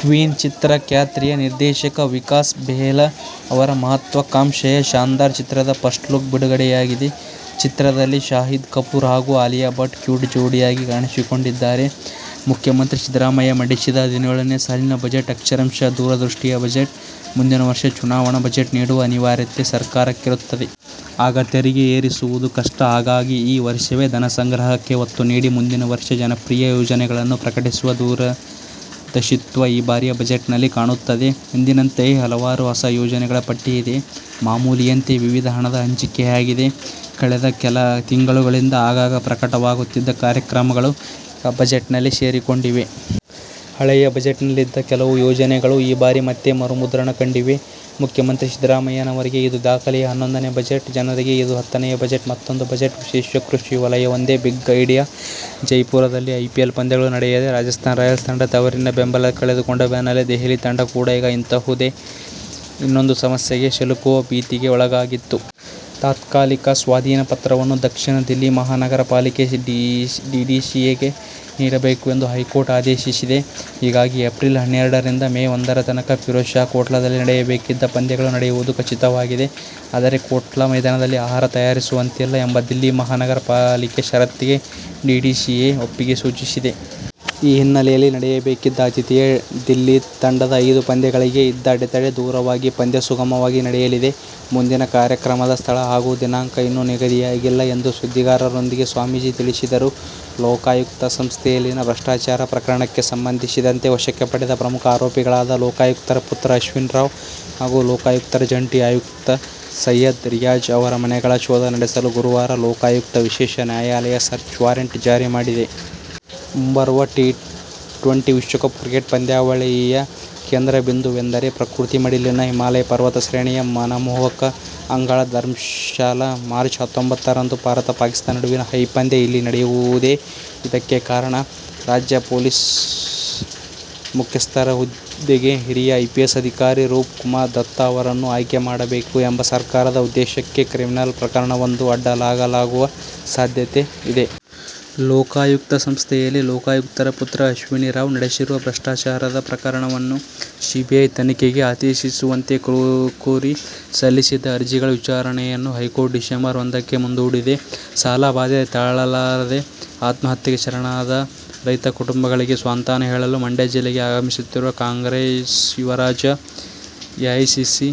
Queen ಚಿತ್ರ ಖ್ಯಾತಿಯ ನಿರ್ದೇಶಕ ವಿಕಾಸ್ ಬೆಹ್ಲ್ ಅವರ ಮಹತ್ವಾಕಾಂಕ್ಷೆಯ ಶಾನ್ದಾರ್ ಚಿತ್ರದ ಫಸ್ಟ್ ಲುಕ್ ಬಿಡುಗಡೆಯಾಗಿದೆ. ಚಿತ್ರದಲ್ಲಿ ಶಾಹಿದ್ ಕಪೂರ್ ಹಾಗೂ ಆಲಿಯಾ ಭಟ್ ಕ್ಯೂಟ್ ಜೋಡಿಯಾಗಿ ಕಾಣಿಸಿಕೊಂಡಿದ್ದಾರೆ. ಮುಖ್ಯಮಂತ್ರಿ ಸಿದ್ದರಾಮಯ್ಯ ಮಂಡಿಸಿದ ಹದಿನೇಳನೇ ಸಾಲಿನ ಬಜೆಟ್ ಅಕ್ಷರಶಃ ದೂರದೃಷ್ಟಿಯ ಬಜೆಟ್. ಮುಂದಿನ ವರ್ಷ ಚುನಾವಣಾ ಬಜೆಟ್ ನೀಡುವ ಅನಿವಾರ್ಯತೆ ಸರ್ಕಾರಕ್ಕಿರುತ್ತದೆ. ಆಗ ತೆರಿಗೆ ಏರಿಸುವುದು ಕಷ್ಟ. ಹಾಗಾಗಿ ಈ ವರ್ಷವೇ ಧನಸಂಗ್ರಹಕ್ಕೆ ಒತ್ತು ನೀಡಿ ಮುಂದಿನ ವರ್ಷ ಜನಪ್ರಿಯ ಯೋಜನೆಗಳನ್ನು ಪ್ರಕಟಿಸುವ ದೂರದರ್ಶಿತ್ವ ಈ ಬಾರಿಯ ಬಜೆಟ್‌ನಲ್ಲಿ ಕಾಣುತ್ತದೆ. ಎಂದಿನಂತೆಯೇ ಹಲವಾರು ಹೊಸ ಯೋಜನೆಗಳ ಪಟ್ಟಿಯಿದೆ. ಮಾಮೂಲಿಯಂತೆ ವಿವಿಧ ಹಣದ ಹಂಚಿಕೆಯಾಗಿದೆ. ಕಳೆದ ಕೆಲ ತಿಂಗಳುಗಳಿಂದ ಆಗಾಗ ಪ್ರಕಟವಾಗುತ್ತಿದ್ದ ಕಾರ್ಯಕ್ರಮಗಳು ಈಗ ಬಜೆಟ್‌ನಲ್ಲಿ ಸೇರಿಕೊಂಡಿವೆ. ಹಳೆಯ ಬಜೆಟ್‌ನಲ್ಲಿದ್ದ ಕೆಲವು ಯೋಜನೆಗಳು ಈ ಬಾರಿ ಮತ್ತೆ ಮರುಮುದ್ರಣ ಕಂಡಿವೆ. ಮುಖ್ಯಮಂತ್ರಿ ಸಿದ್ದರಾಮಯ್ಯನವರಿಗೆ ಇದು ದಾಖಲೆಯ ಹನ್ನೊಂದನೇ ಬಜೆಟ್. ಜನರಿಗೆ ಇದು ಹತ್ತನೆಯ ಜೊತೆ ಮತ್ತೊಂದು ಬಜೆಟ್. ವಿಶೇಷ ಕೃಷಿ ವಲಯವೊಂದೇ ಬಿಗ್ ಐಡಿಯಾ. ಜೈಪುರದಲ್ಲಿ ಐಪಿಎಲ್ ಪಂದ್ಯಗಳು ನಡೆಯದೇ ರಾಜಸ್ಥಾನ ರಾಯಲ್ಸ್ ತಂಡ ತವರಿನ ಬೆಂಬಲ ಕಳೆದುಕೊಂಡ ಬೆನ್ನಲ್ಲೇ ದೆಹಲಿ ತಂಡ ಕೂಡ ಇಂತಹುದೇ ಇನ್ನೊಂದು ಸಮಸ್ಯೆಗೆ ಸಿಲುಕುವ ಭೀತಿಗೆ ಒಳಗಾಗಿತ್ತು. ತಾತ್ಕಾಲಿಕ ಸ್ವಾಧೀನ ಪತ್ರವನ್ನು ದಕ್ಷಿಣ ದಿಲ್ಲಿ ಮಹಾನಗರ ಪಾಲಿಕೆ ಡಿಡಿಸಿಎಗೆ ನೀಡಬೇಕು ಎಂದು ಹೈಕೋರ್ಟ್ ಆದೇಶಿಸಿದೆ. ಹೀಗಾಗಿ ಏಪ್ರಿಲ್ ಹನ್ನೆರಡರಿಂದ ಮೇ ಒಂದರ ತನಕ ಫಿರೋಜ್ ಶಾ ಕೋಟ್ಲಾದಲ್ಲಿ ನಡೆಯಬೇಕಿದ್ದ ಪಂದ್ಯಗಳು ನಡೆಯುವುದು ಖಚಿತವಾಗಿದೆ. ಆದರೆ ಕೋಟ್ಲಾ ಮೈದಾನದಲ್ಲಿ ಆಹಾರ ತಯಾರಿಸುವಂತಿಲ್ಲ ಎಂಬ ದಿಲ್ಲಿ ಮಹಾನಗರ ಪಾಲಿಕೆ ಷರತ್ತಿಗೆ ಡಿಡಿಸಿಎ ಒಪ್ಪಿಗೆ ಸೂಚಿಸಿದೆ. ಈ ಹಿನ್ನೆಲೆಯಲ್ಲಿ ನಡೆಯಬೇಕಿದ್ದ ಆತಿಥೇಯ ದಿಲ್ಲಿ ತಂಡದ ಐದು ಪಂದ್ಯಗಳಿಗೆ ಇದ್ದ ಅಡೆತಡೆ ದೂರವಾಗಿ ಪಂದ್ಯ ಸುಗಮವಾಗಿ ನಡೆಯಲಿದೆ. ಮುಂದಿನ ಕಾರ್ಯಕ್ರಮದ ಸ್ಥಳ ಹಾಗೂ ದಿನಾಂಕ ಇನ್ನು ನಿಗದಿಯಾಗಿಲ್ಲ ಎಂದು ಸುದ್ದಿಗಾರರೊಂದಿಗೆ ಸ್ವಾಮೀಜಿ ತಿಳಿಸಿದರು. ಲೋಕಾಯುಕ್ತ ಸಂಸ್ಥೆಯಲ್ಲಿನ ಭ್ರಷ್ಟಾಚಾರ ಪ್ರಕರಣಕ್ಕೆ ಸಂಬಂಧಿಸಿದಂತೆ ವಶಕ್ಕೆ ಪಡೆದ ಪ್ರಮುಖ ಆರೋಪಿಗಳಾದ ಲೋಕಾಯುಕ್ತರ ಪುತ್ರ ಅಶ್ವಿನ್ ರಾವ್ ಹಾಗೂ ಲೋಕಾಯುಕ್ತ ಜಂಟಿ ಆಯುಕ್ತ ಸಯ್ಯದ್ ರಿಯಾಜ್ ಅವರ ಮನೆಗಳ ಶೋಧ ನಡೆಸಲು ಗುರುವಾರ ಲೋಕಾಯುಕ್ತ ವಿಶೇಷ ನ್ಯಾಯಾಲಯ ಸರ್ಚ್ ವಾರಂಟ್ ಜಾರಿಮಾಡಿದೆ. ಮುಂಬರುವ ಟಿ ಟ್ವೆಂಟಿ ವಿಶ್ವಕಪ್ ಕ್ರಿಕೆಟ್ ಪಂದ್ಯಾವಳಿಯ ಕೇಂದ್ರಬಿಂದುವೆಂದರೆ ಪ್ರಕೃತಿ ಮಡಿಲಿನ ಹಿಮಾಲಯ ಪರ್ವತ ಶ್ರೇಣಿಯ ಮನಮೋಹಕ ಅಂಗಳ ಧರ್ಮಶಾಲಾ. ಮಾರ್ಚ್ ಹತ್ತೊಂಬತ್ತರಂದು ಭಾರತ ಪಾಕಿಸ್ತಾನ ನಡುವಿನ ಹೈ ಪಂದ್ಯ ಇಲ್ಲಿ ನಡೆಯುವುದೇ ಇದಕ್ಕೆ ಕಾರಣ. ರಾಜ್ಯ ಪೊಲೀಸ್ ಮುಖ್ಯಸ್ಥರ ಹುದ್ದೆಗೆ ಹಿರಿಯ ಐಪಿಎಸ್ ಅಧಿಕಾರಿ ರೂಪ್ ಕುಮಾರ್ ದತ್ತಾ ಅವರನ್ನು ಆಯ್ಕೆ ಮಾಡಬೇಕು ಎಂಬ ಸರ್ಕಾರದ ಉದ್ದೇಶಕ್ಕೆ ಕ್ರಿಮಿನಲ್ ಪ್ರಕರಣವೊಂದು ಅಡ್ಡಗಾಲಾಗುವ ಸಾಧ್ಯತೆ ಇದೆ. ಲೋಕಾಯುಕ್ತ ಸಂಸ್ಥೆಯಲ್ಲಿ ಲೋಕಾಯುಕ್ತರ ಪುತ್ರ ಅಶ್ವಿನ್ ರಾವ್ ನಡೆಸಿರುವ ಭ್ರಷ್ಟಾಚಾರ ಪ್ರಕರಣವನ್ನು ಸಿಬಿಐ ತನಿಖೆಗೆ ಆದೇಶಿಸುವಂತೆ ಕೋರಿ ಸಲ್ಲಿಸಿದ್ದ ಅರ್ಜಿಗಳ ವಿಚಾರಣೆಯನ್ನು ಹೈಕೋರ್ಟ್ ಡಿಸೆಂಬರ್ ಒಂದಕ್ಕೆ ಮುಂದೂಡಿದೆ. ಸಾಲಬಾಧೆ ತಾಳಲಾರದೆ ಆತ್ಮಹತ್ಯೆಗೆ ಶರಣಾದ ರೈತ ಕುಟುಂಬಗಳಿಗೆ ಸಾಂತ್ವನ ಹೇಳಲು ಮಂಡ್ಯ ಜಿಲ್ಲೆಗೆ ಆಗಮಿಸುತ್ತಿರುವ ಕಾಂಗ್ರೆಸ್ ಯುವರಾಜ ಎಐಸಿಸಿ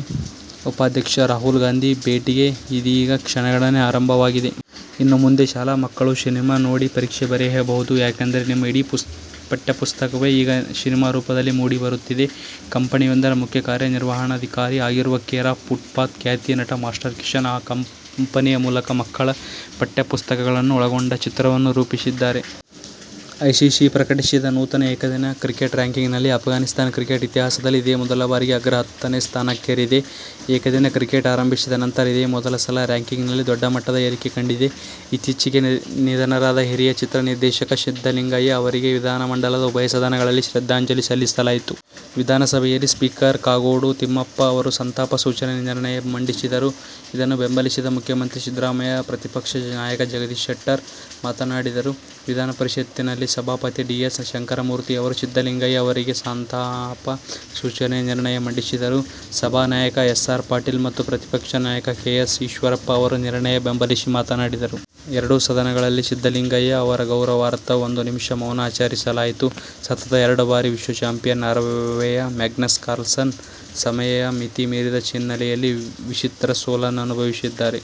ಉಪಾಧ್ಯಕ್ಷ ರಾಹುಲ್ ಗಾಂಧಿ ಭೇಟಿಗೆ ಇದೀಗ ಕ್ಷಣಗಣನೆ ಆರಂಭವಾಗಿದೆ. ಇನ್ನು ಮುಂದೆ ಶಾಲಾ ಮಕ್ಕಳು ಸಿನಿಮಾ ನೋಡಿ ಪರೀಕ್ಷೆ ಬರೆಯಬಹುದು. ಯಾಕೆಂದರೆ ನಿಮ್ಮ ಇಡೀ ಪಠ್ಯಪುಸ್ತಕವೇ ಈಗ ಸಿನಿಮಾ ರೂಪದಲ್ಲಿ ಮೂಡಿಬರುತ್ತಿದೆ. ಕಂಪನಿಯೊಂದರ ಮುಖ್ಯ ಕಾರ್ಯನಿರ್ವಹಣಾಧಿಕಾರಿ ಆಗಿರುವ ಕೇರ್ ಆಫ್ ಫುಟ್‌ಪಾತ್ ಖ್ಯಾತಿಯ ನಟ ಮಾಸ್ಟರ್ ಕಿಶನ್ ಆ ಕಂಪನಿಯ ಮೂಲಕ ಮಕ್ಕಳ ಪಠ್ಯಪುಸ್ತಕಗಳನ್ನು ಒಳಗೊಂಡ ಚಿತ್ರವನ್ನು ರೂಪಿಸಿದ್ದಾರೆ. ಐಸಿಸಿ ಪ್ರಕಟಿಸಿದ ನೂತನ ಏಕದಿನ ಕ್ರಿಕೆಟ್ ರಾಂಕಿಂಗ್‌ನಲ್ಲಿ ಆಫ್ಘಾನಿಸ್ತಾನ ಕ್ರಿಕೆಟ್ ಇತಿಹಾಸದಲ್ಲಿ ಇದೇ ಮೊದಲ ಬಾರಿಗೆ ಅಗ್ರ ಹತ್ತನೇ ಸ್ಥಾನಕ್ಕೇರಿದೆ. ಏಕದಿನ ಕ್ರಿಕೆಟ್ ಆರಂಭಿಸಿದ ನಂತರ ಇದೇ ಮೊದಲ ಸಲ ರಾಂಕಿಂಗ್‌ನಲ್ಲಿ ದೊಡ್ಡ ಮಟ್ಟದ ಏರಿಕೆ ಕಂಡಿದೆ. ಇತ್ತೀಚೆಗೆ ನಿಧನರಾದ ಹಿರಿಯ ಚಿತ್ರ ನಿರ್ದೇಶಕ ಸಿದ್ದಲಿಂಗಯ್ಯ ಅವರಿಗೆ ವಿಧಾನಮಂಡಲದ ಉಭಯ ಸದನಗಳಲ್ಲಿ ಶ್ರದ್ಧಾಂಜಲಿ ಸಲ್ಲಿಸಲಾಯಿತು. ವಿಧಾನಸಭೆಯಲ್ಲಿ ಸ್ಪೀಕರ್ ಕಾಗೋಡು ತಿಮ್ಮಪ್ಪ ಅವರು ಸಂತಾಪ ಸೂಚನೆ ನಿರ್ಣಯ ಮಂಡಿಸಿದರು. ಇದನ್ನು ಬೆಂಬಲಿಸಿ ಮುಖ್ಯಮಂತ್ರಿ ಸಿದ್ದರಾಮಯ್ಯ ಪ್ರತಿಪಕ್ಷ ನಾಯಕ ಜಗದೀಶ್ ಶೆಟ್ಟರ್ ಮಾತನಾಡಿದರು. ವಿಧಾನ ಪರಿಷತ್ತಿನಲ್ಲಿ ಸಭಾಪತಿ ಡಿ ಎಚ್ ಶಂಕರಮೂರ್ತಿ ಅವರು ಸಿದ್ದಲಿಂಗಯ್ಯ ಅವರಿಗೆ ಸಂತಾಪ ಸೂಚನೆ ನಿರ್ಣಯ ಮಂಡಿಸಿದರು. ಸಭಾನಾಯಕ ಎಸ್ ಆರ್ ಪಾಟೀಲ್ ಮತ್ತು ಪ್ರತಿಪಕ್ಷ ನಾಯಕ ಕೆ ಎಸ್ ಈಶ್ವರಪ್ಪ ಅವರು ನಿರ್ಣಯ ಬೆಂಬಲಿಸಿ ಮಾತನಾಡಿದರು. ಎರಡೂ ಸದನಗಳಲ್ಲಿ ಸಿದ್ದಲಿಂಗಯ್ಯ ಅವರ ಗೌರವಾರ್ಥ ಒಂದು ನಿಮಿಷ ಮೌನ ಆಚರಿಸಲಾಯಿತು. ಸತತ ಎರಡು ಬಾರಿ ವಿಶ್ವ ಚಾಂಪಿಯನ್ ನಾರ್ವೆಯ ಮ್ಯಾಗ್ನಸ್ ಕಾರ್ಲ್ಸನ್ ಸಮಯ ಮಿತಿ ಮೀರಿದ ಹಿನ್ನೆಲೆಯಲ್ಲಿ ವಿಚಿತ್ರ ಸೋಲನ್ನನುಭವಿಸಿದ್ದಾರೆ.